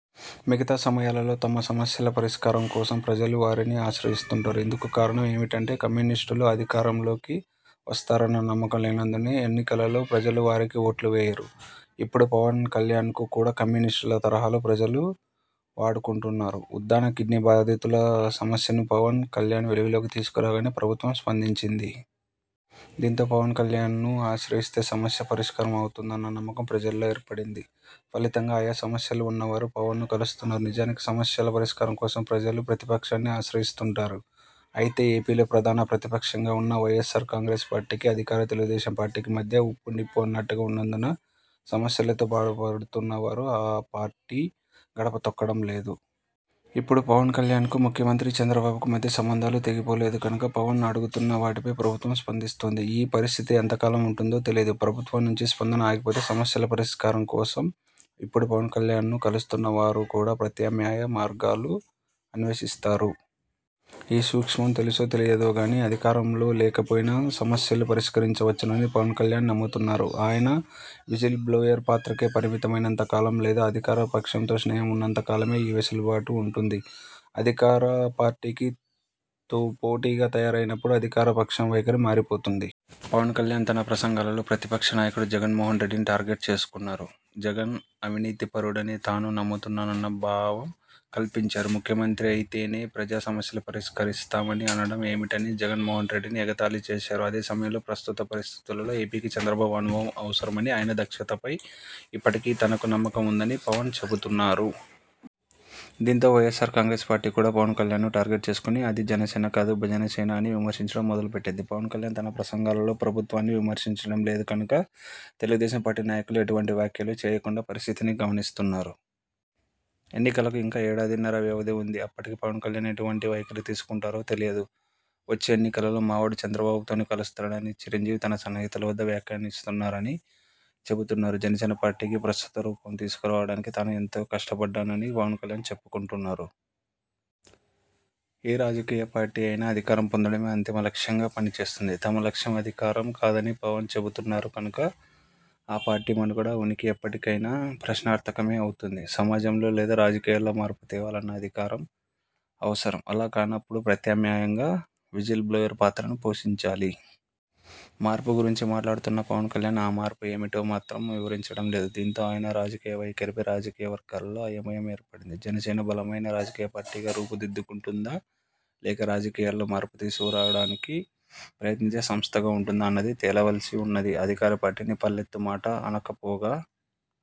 మిగతా సమయాలలో తమ సమస్యల పరిష్కారం కోసం ప్రజలు వారిని ఆశ్రయిస్తుంటారు. ఇందుకు కారణం ఏమిటంటే కమ్యూనిస్టులు అధికారం లోకి వస్తారన్న నమ్మకం లేనందునే ఎన్నికలలో ప్రజలు వారికి ఓట్లు వేయరు. ఇప్పుడు పవన్ కల్యాణ్ను కూడా కమ్యూనిస్టుల తరహాలో ప్రజలు వాడుకుంటున్నారు. ఉద్ధానం కిడ్నీ బాధితుల సమస్యను పవన్ కల్యాణ్ వెలుగులోకి తీసుకు రాగానే ప్రభుత్వం స్పందించింది. దీంతో పవన్ కల్యాణ్ను ఆశ్రయిస్తే సమస్య పరిష్కారం అవుతుందన్న నమ్మకం ప్రజలలో ఏర్పడింది. ఫలితంగా ఆయా సమస్యలు ఉన్నవారు పవన్ను కలుస్తున్నారు. నిజానికి సమస్యల పరిష్కారం కోసం ప్రజలు ప్రతిపక్షాన్ని ఆశ్రయిస్తుంటారు. అయితే ఏపీలో ప్రధాన ప్రతిపక్షంగా ఉన్న వై. ఎస్. ఆర్ కాంగ్రెస్ పార్టీకి, అధికార తెలుగుదేశం పార్టీకి మధ్య ఉప్పు, నిప్పు అన్నట్టుగా ఉన్నందున సమస్యలతో బాధపడుతున్నవారు ఆ పార్టీ గడప తొక్కడం లేదు. ఇప్పుడు పవన్ కల్యాణ్ కు ముఖ్యమంత్రి చంద్రబాబుకు మధ్య సంబంధాలు తెగిపోలేదు కనుక పవన్ అడుగుతున్న వాటిపై ప్రభుత్వం స్పందిస్తోంది. ఈ పరిస్థితి ఎంతకాలం ఉంటుందో తెలియదు. ప్రభుత్వం నుంచి స్పందన ఆగిపోతే సమస్యల పరిష్కారం కోసం ఇప్పుడు పవన్ కల్యాణ్ ను కలుస్తున్న వారు కూడా ప్రత్యామ్నాయ మార్గాలు అన్వేషిస్తారు. ఈ సూక్ష్మం తెలుసో తెలియదో గానీ, అధికారంలో లేకపోయినా సమస్యలు పరిష్కరించవచ్చునని పవన్ కల్యాణ్ నమ్ముతున్నారు. ఆయన విజిల్ బ్లోయర్ పాత్రకే పరిమితమైనంత కాలం లేదా అధికార పక్షంతో స్నేహం ఉన్నంత కాలమే ఈ వెసులుబాటు ఉంటుంది. అధికార పార్టీకి తో పోటీగా తయారైనప్పుడు అధికార పక్షం వైఖరి మారిపోతుంది. పవన్ కల్యాణ్ తన ప్రసంగాలలో ప్రతిపక్ష నాయకుడు జగన్ మోహన్ రెడ్డిని టార్గెట్ చేసుకున్నారు. జగన్ అవినీతి పరుడనే తాను నమ్ముతున్నానన్న భావం కల్పించారు. ముఖ్యమంత్రి అయితేనే ప్రజా సమస్యలు పరిష్కరిస్తామని అనడం ఏమిటని జగన్ మోహన్ రెడ్డిని ఎగతాళి చేశారు. అదే సమయంలో ప్రస్తుత పరిస్థితులలో ఏపీ కి చంద్రబాబు అనుభవం అవసరమని, ఆయన దక్షతపై ఇప్పటికీ తనకు నమ్మకం ఉందని పవన్ చెబుతున్నారు. దీంతో Y. S. R. Congress party కూడా పవన్ కల్యాణ్ ను టార్గెట్ చేసుకుని 'అది జనసేన కాదు, భజన సేన' అని విమర్శించడం మొదలుపెట్టింది. పవన్ కల్యాణ్ తన ప్రసంగాలలో ప్రభుత్వాన్ని విమర్శించడం లేదు కనుక తెలుగుదేశం పార్టీ నాయకులు ఎటువంటి వ్యాఖ్యలూ చేయకుండా పరిస్థితిని గమనిస్తున్నారు. ఎన్నికలకు ఇంకా ఏడాదిన్నర వ్యవధి ఉంది. అప్పటికి పవన్ కల్యాణ్ ఎటువంటి వైఖరి తీసుకుంటారో తెలియదు. వచ్చే ఎన్నికలలో మా వాడు చంద్రబాబుతోనే కలుస్తాడు అని చిరంజీవి తన సన్నిహితుల వద్ద వ్యాఖ్యానిస్తున్నారని చెబుతున్నారు. జనసేన పార్టీకి ప్రస్తుత రూపం తీసుకురావడానికి తాను ఎంతో కష్టపడ్డానని పవన్ కల్యాణ్ చెప్పుకొంటున్నారు. ఏ రాజకీయ పార్టీ అయినా అధికారం పొందడమే అంతిమ లక్ష్యంగా పనిచేస్తుంది. తమ లక్ష్యం అధికారం కాదని పవన్ చెబుతున్నారు కనుక ఆ పార్టీ మనుగడ, ఉనికి ఎప్పటికైనా ప్రశ్నార్థకమే అవుతుంది. సమాజంలో లేదా రాజకీయాలలో మార్పు తేవాలన్నా అధికారం అవసరం. అలా కానప్పుడు ప్రత్యామ్నాయంగా విజిల్ బ్లోయర్ పాత్రను పోషించాలి. మార్పు గురించి మాట్లాడుతున్న పవన్ కల్యాణ్ ఆ మార్పు ఏమిటో మాత్రం వివరించడం లేదు. దీంతో ఆయన రాజకీయ వైఖరిపై రాజకీయవర్గాలలో అయోమయం ఏర్పడింది. జనసేన బలమైన రాజకీయ పార్టీగా రూపు దిద్దుకుంటుందా? లేక రాజకీయాలలో మార్పు తీసుకురావడానికి ప్రయత్నించే సంస్థగా ఉంటుందా? అన్నది తేలవలసి ఉన్నది. అధికార పార్టీని పల్లెత్తు మాట అనకపోగా,